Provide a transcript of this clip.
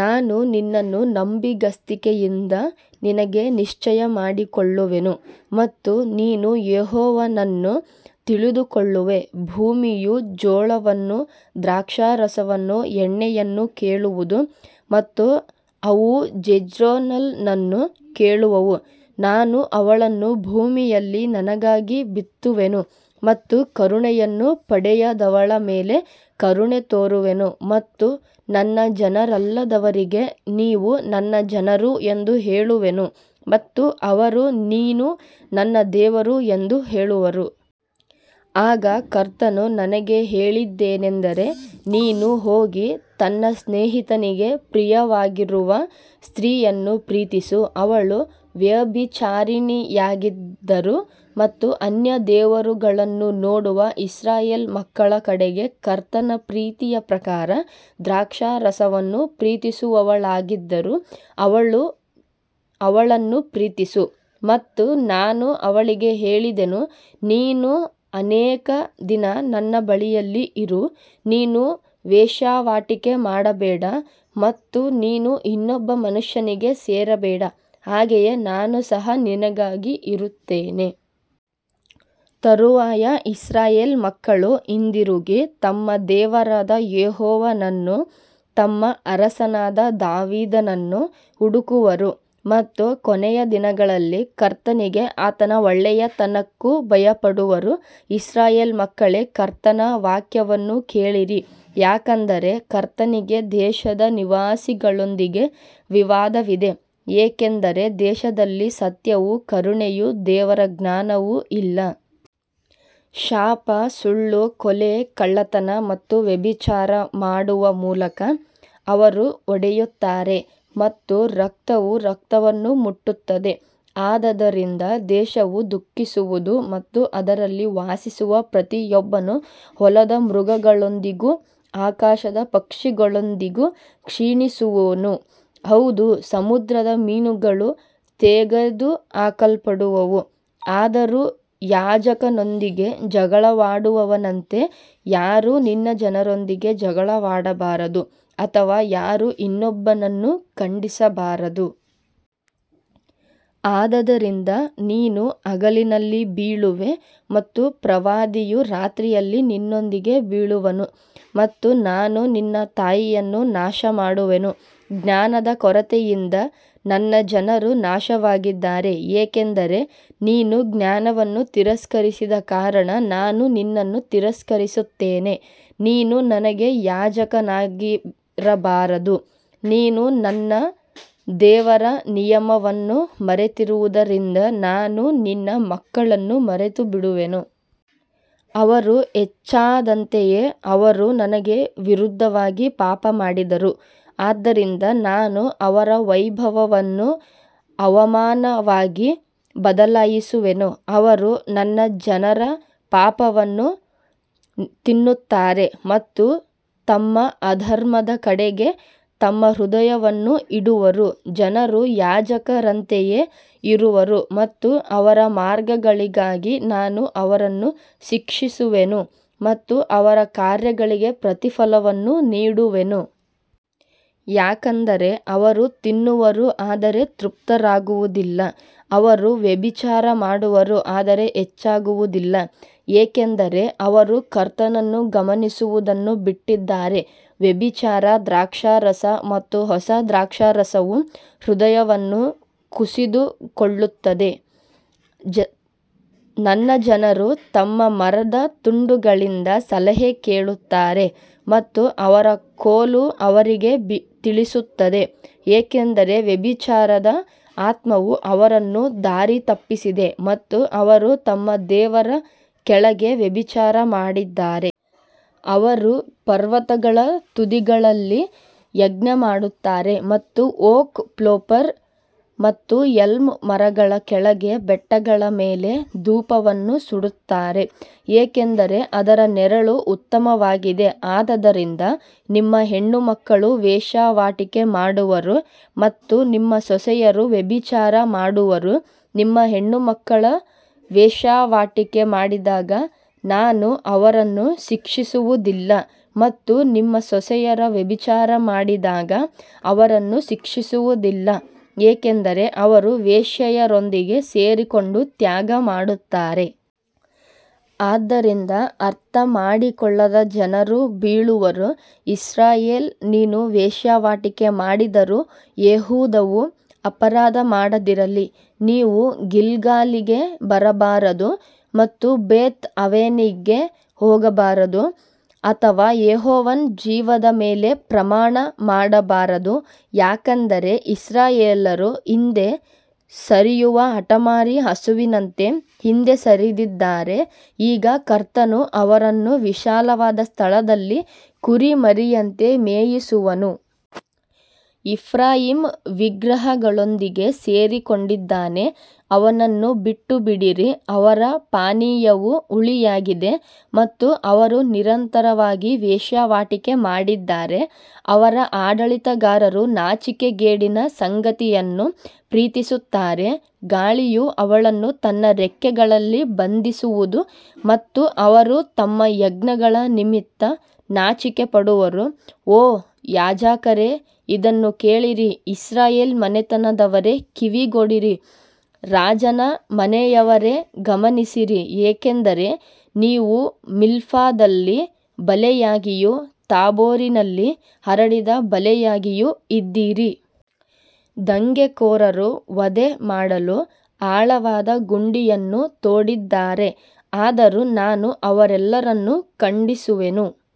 ನಾನು ನಿನ್ನನ್ನು ನಂಬಿಗಸ್ತಿಕೆಯಿಂದ ನನಗೆ ನಿಶ್ಚಯಮಾಡಿಕೊಳ್ಳುವೆನು ಮತ್ತು ನೀನು ಯೆಹೋವನನ್ನು ತಿಳಿದುಕೊಳ್ಳುವೆ. ಭೂಮಿಯು ಜೋಳವನ್ನೂ ದ್ರಾಕ್ಷಾರಸವನ್ನೂ ಎಣ್ಣೆಯನ್ನೂ ಕೇಳುವುದು ಮತ್ತು ಅವು ಜೆಜ್ರೇಲನನ್ನು ಕೇಳುವವು. ನಾನು ಅವಳನ್ನು ಭೂಮಿಯಲ್ಲಿ ನನಗಾಗಿ ಬಿತ್ತುವೆನು ಮತ್ತು ಕರುಣೆಯನ್ನು ಪಡೆಯದವಳ ಮೇಲೆ ಕರುಣೆ ತೋರುವೆನು ಮತ್ತು ನನ್ನ ಜನರಲ್ಲದವರಿಗೆ, ನೀವು ನನ್ನ ಜನರು ಎಂದು ಹೇಳುವೆನು ಮತ್ತು ಅವರು, ನೀನು ನನ್ನ ದೇವರು ಎಂದು ಹೇಳುವರು. ಆಗ ಕರ್ತನು ನನಗೆ ಹೇಳಿದ್ದೇನೆಂದರೆ, ನೀನು ಹೋಗಿ ತನ್ನ ಸ್ನೇಹಿತನಿಗೆ ಪ್ರಿಯವಾಗಿರುವ ಸ್ತ್ರೀಯನ್ನು ಪ್ರೀತಿಸು, ಅವಳು ವ್ಯಭಿಚಾರಿಣಿಯಾಗಿದ್ದರೂ ಮತ್ತು ಅನ್ಯ ದೇವರುಗಳನ್ನು ನೋಡುವ ಇಸ್ರಾಯೇಲ್ ಮಕ್ಕಳ ಕಡೆಗೆ ಕರ್ತನ ಪ್ರೀತಿಯ ಪ್ರಕಾರ ದ್ರಾಕ್ಷಾರಸವನ್ನು ಪ್ರೀತಿಸುವವಳಾಗಿದ್ದರೂ ಅವಳನ್ನು ಪ್ರೀತಿಸು. ಮತ್ತು ನಾನು ಅವಳಿಗೆ ಹೇಳಿದೆನು, ನೀನು ಅನೇಕ ದಿನ ನನ್ನ ಬಳಿಯಲ್ಲಿ ಇರು, ನೀನು ವೇಶ್ಯಾವಾಟಿಕೆ ಮಾಡಬೇಡ ಮತ್ತು ನೀನು ಇನ್ನೊಬ್ಬ ಮನುಷ್ಯನಿಗೆ ಸೇರಬೇಡ, ಹಾಗೆಯೇ ನಾನು ಸಹ ನಿನಗಾಗಿ ಇರುತ್ತೇನೆ. ತರುವಾಯ ಇಸ್ರಾಯೇಲ್ ಮಕ್ಕಳು ಹಿಂದಿರುಗಿ ತಮ್ಮ ದೇವರಾದ ಯೆಹೋವನನ್ನೂ ತಮ್ಮ ಅರಸನಾದ ದಾವೀದನನ್ನೂ ಹುಡುಕುವರು ಮತ್ತು ಕೊನೆಯ ದಿನಗಳಲ್ಲಿ ಕರ್ತನಿಗೂ ಆತನ ಒಳ್ಳೆಯತನಕ್ಕೂ ಭಯಪಡುವರು. ಇಸ್ರಾಯೇಲ್ ಮಕ್ಕಳೇ, ಕರ್ತನ ವಾಕ್ಯವನ್ನು ಕೇಳಿರಿ, ಯಾಕಂದರೆ ಕರ್ತನಿಗೆ ದೇಶದ ನಿವಾಸಿಗಳೊಂದಿಗೆ ವಿವಾದವಿದೆ, ಏಕೆಂದರೆ ದೇಶದಲ್ಲಿ ಸತ್ಯವೂ ಕರುಣೆಯೂ ದೇವರ ಜ್ಞಾನವೂ ಇಲ್ಲ. ಶಾಪ, ಸುಳ್ಳು, ಕೊಲೆ, ಕಳ್ಳತನ ಮತ್ತು ವ್ಯಭಿಚಾರ ಮಾಡುವ ಮೂಲಕ ಅವರು ಒಡೆಯುತ್ತಾರೆ ಮತ್ತು ರಕ್ತವು ರಕ್ತವನ್ನು ಮುಟ್ಟುತ್ತದೆ. ಆದದರಿಂದ ದೇಶವು ದುಃಖಿಸುವುದು ಮತ್ತು ಅದರಲ್ಲಿ ವಾಸಿಸುವ ಪ್ರತಿಯೊಬ್ಬನು ಹೊಲದ ಮೃಗಗಳೊಂದಿಗೂ ಆಕಾಶದ ಪಕ್ಷಿಗಳೊಂದಿಗೂ ಕ್ಷೀಣಿಸುವನು, ಹೌದು, ಸಮುದ್ರದ ಮೀನುಗಳೂ ತೆಗೆದುಹಾಕಲ್ಪಡುವವು. ಆದರೂ ಯಾಜಕನೊಂದಿಗೆ ಜಗಳವಾಡುವವನಂತೆ ಯಾರೂ ನಿನ್ನ ಜನರೊಂದಿಗೆ ಜಗಳವಾಡಬಾರದು ಅಥವಾ ಯಾರೂ ಇನ್ನೊಬ್ಬನನ್ನು ಖಂಡಿಸಬಾರದು. ಆದದರಿಂದ ನೀನು ಹಗಲಿನಲ್ಲಿ ಬೀಳುವೆ ಮತ್ತು ಪ್ರವಾದಿಯೂ ರಾತ್ರಿಯಲ್ಲಿ ನಿನ್ನೊಂದಿಗೆ ಬೀಳುವನು ಮತ್ತು ನಾನು ನಿನ್ನ ತಾಯಿಯನ್ನು ನಾಶಮಾಡುವೆನು. ಜ್ಞಾನದ ಕೊರತೆಯಿಂದ ನನ್ನ ಜನರು ನಾಶವಾಗಿದ್ದಾರೆ, ಏಕೆಂದರೆ ನೀನು ಜ್ಞಾನವನ್ನು ತಿರಸ್ಕರಿಸಿದ ಕಾರಣ ನಾನು ನಿನ್ನನ್ನು ತಿರಸ್ಕರಿಸುತ್ತೇನೆ, ನೀನು ನನಗೆ ಯಾಜಕನಾಗಿರಬಾರದು. ನೀನು ನಿನ್ನ ದೇವರ ನಿಯಮವನ್ನು ಮರೆತಿರುವುದರಿಂದ ನಾನು ನಿನ್ನ ಮಕ್ಕಳನ್ನೂ ಮರೆತುಬಿಡುವೆನು. ಅವರು ಹೆಚ್ಚಾದಂತೆಯೇ ಅವರು ನನಗೆ ವಿರುದ್ಧವಾಗಿ ಪಾಪಮಾಡಿದರು, ಆದ್ದರಿಂದ ನಾನು ಅವರ ವೈಭವವನ್ನು ಅವಮಾನವಾಗಿ ಬದಲಾಯಿಸುವೆನು. ಅವರು ನನ್ನ ಜನರ ಪಾಪವನ್ನು ತಿನ್ನುತ್ತಾರೆ ಮತ್ತು ತಮ್ಮ ಅಧರ್ಮದ ಕಡೆಗೆ ತಮ್ಮ ಹೃದಯವನ್ನು ಇಡುವರು. ಜನರು ಯಾಜಕರಂತೆಯೇ ಇರುವರು ಮತ್ತು ಅವರ ಮಾರ್ಗಗಳಿಗಾಗಿ ನಾನು ಅವರನ್ನು ಶಿಕ್ಷಿಸುವೆನು ಮತ್ತು ಅವರ ಕಾರ್ಯಗಳಿಗೆ ಪ್ರತಿಫಲವನ್ನು ನೀಡುವೆನು. ಯಾಕಂದರೆ ಅವರು ತಿನ್ನುವರು, ಆದರೆ ತೃಪ್ತರಾಗುವುದಿಲ್ಲ. ಅವರು ವ್ಯಭಿಚಾರ ಮಾಡುವರು, ಆದರೆ ಹೆಚ್ಚಾಗುವುದಿಲ್ಲ, ಏಕೆಂದರೆ ಅವರು ಕರ್ತನನ್ನು ಗಮನಿಸುವುದನ್ನು ಬಿಟ್ಟಿದ್ದಾರೆ. ವ್ಯಭಿಚಾರ, ದ್ರಾಕ್ಷಾರಸ ಮತ್ತು ಹೊಸ ದ್ರಾಕ್ಷಾರಸವು ಹೃದಯವನ್ನು ಕಸಿದುಕೊಳ್ಳುತ್ತವೆ. ನನ್ನ ಜನರು ತಮ್ಮ ಮರದ ತುಂಡುಗಳಿಂದ ಸಲಹೆ ಕೇಳುತ್ತಾರೆ ಮತ್ತು ಅವರ ಕೋಲು ಅವರಿಗೆ ತಿಳಿಸುತ್ತದೆ, ಏಕೆಂದರೆ ವ್ಯಭಿಚಾರದ ಆತ್ಮವು ಅವರನ್ನು ದಾರಿತಪ್ಪಿಸಿದೆ ಮತ್ತು ಅವರು ತಮ್ಮ ದೇವರ ಕೆಳಗೆ ವ್ಯಭಿಚಾರ ಮಾಡಿದ್ದಾರೆ. ಅವರು ಪರ್ವತಗಳ ತುದಿಗಳಲ್ಲಿ ಯಜ್ಞಮಾಡುತ್ತಾರೆ ಮತ್ತು ಓಕ್, ಪೋಪ್ಲರ್ ಮತ್ತು ಎಲ್ಮ್ ಮರಗಳ ಕೆಳಗೆ ಬೆಟ್ಟಗಳ ಮೇಲೆ ಧೂಪವನ್ನು ಸುಡುತ್ತಾರೆ, ಏಕೆಂದರೆ ಅದರ ನೆರಳು ಉತ್ತಮವಾಗಿದೆ. ಆದದರಿಂದ ನಿಮ್ಮ ಹೆಣ್ಣುಮಕ್ಕಳು ವೇಶ್ಯಾವಾಟಿಕೆ ಮಾಡುವರು ಮತ್ತು ನಿಮ್ಮ ಸೊಸೆಯರು ವ್ಯಭಿಚಾರ ಮಾಡುವರು. ನಿಮ್ಮ ಹೆಣ್ಣುಮಕ್ಕಳು ವೇಶ್ಯಾವಾಟಿಕೆ ಮಾಡಿದಾಗ ನಾನು ಅವರನ್ನು ಶಿಕ್ಷಿಸುವುದಿಲ್ಲ ಮತ್ತು ನಿಮ್ಮ ಸೊಸೆಯರು ವ್ಯಭಿಚಾರ ಮಾಡಿದಾಗ ಅವರನ್ನು ಶಿಕ್ಷಿಸುವುದಿಲ್ಲ, ಏಕೆಂದರೆ ಅವರು ವೇಶ್ಯೆಯರೊಂದಿಗೆ ಸೇರಿಕೊಂಡು ತ್ಯಾಗಮಾಡುತ್ತಾರೆ. ಆದ್ದರಿಂದ ಅರ್ಥಮಾಡಿಕೊಳ್ಳದ ಜನರು ಬೀಳುವರು. ಇಸ್ರಾಯೇಲೇ, ನೀನು ವೇಶ್ಯಾವಾಟಿಕೆ ಮಾಡಿದರೂ ಯೆಹೂದವು ಅಪರಾಧ ಮಾಡದಿರಲಿ. ನೀವು ಗಿಲ್ಗಾಲಿಗೆ ಬರಬಾರದು ಮತ್ತು ಬೇತ್‌ಆವೆನಿಗೆ ಹೋಗಬಾರದು ಅಥವಾ ಯೆಹೋವನ ಜೀವದ ಮೇಲೆ ಪ್ರಮಾಣ ಮಾಡಬಾರದು. ಯಾಕಂದರೆ ಇಸ್ರಾಯೇಲ್ಯರು ಹಿಂದೆ ಸರಿಯುವ ಹಠಮಾರಿ ಹಸುವಿನಂತೆ ಹಿಂದೆ ಸರಿದಿದ್ದಾರೆ. ಈಗ ಕರ್ತನು ಅವರನ್ನು ವಿಶಾಲವಾದ ಸ್ಥಳದಲ್ಲಿ ಕುರಿಮರಿಯಂತೆ ಮೇಯಿಸುವನು. ಎಫ್ರಾಯೀಮ್ ವಿಗ್ರಹಗಳೊಂದಿಗೆ ಸೇರಿಕೊಂಡಿದ್ದಾನೆ, ಅವನನ್ನು ಬಿಟ್ಟುಬಿಡಿರಿ. ಅವರ ಪಾನೀಯವು ಹುಳಿಯಾಗಿದೆ ಮತ್ತು ಅವರು ನಿರಂತರವಾಗಿ ವೇಶ್ಯಾವಾಟಿಕೆ ಮಾಡಿದ್ದಾರೆ. ಅವರ ಆಡಳಿತಗಾರರು ನಾಚಿಕೆಗೇಡಿನ ಸಂಗತಿಯನ್ನು ಪ್ರೀತಿಸುತ್ತಾರೆ. ಗಾಳಿಯು ಅವಳನ್ನು ತನ್ನ ರೆಕ್ಕೆಗಳಲ್ಲಿ ಬಂಧಿಸುವುದು ಮತ್ತು ಅವರು ತಮ್ಮ ಯಜ್ಞಗಳ ನಿಮಿತ್ತ ನಾಚಿಕೆಪಡುವರು. ಓ ಯಾಜಕರೇ, ಇದನ್ನು ಕೇಳಿರಿ, ಇಸ್ರಾಯೇಲ್ ಮನೆತನದವರೇ, ಕಿವಿಗೊಡಿರಿ, ರಾಜನ ಮನೆಯವರೇ, ಗಮನಿಸಿರಿ, ಏಕೆಂದರೆ ನೀವು ಮಿಜ್ಪಾದಲ್ಲಿ ಬಲೆಯಾಗಿಯೂ ತಾಬೋರಿನಲ್ಲಿ ಹರಡಿದ ಬಲೆಯಾಗಿಯೂ ಇದ್ದೀರಿ. ದಂಗೆಕೋರರು ವಧೆ ಮಾಡಲು ಆಳವಾದ ಗುಂಡಿಯನ್ನು ತೋಡಿದ್ದಾರೆ, ಆದರೂ ನಾನು ಅವರೆಲ್ಲರನ್ನು ಖಂಡಿಸುವೆನು.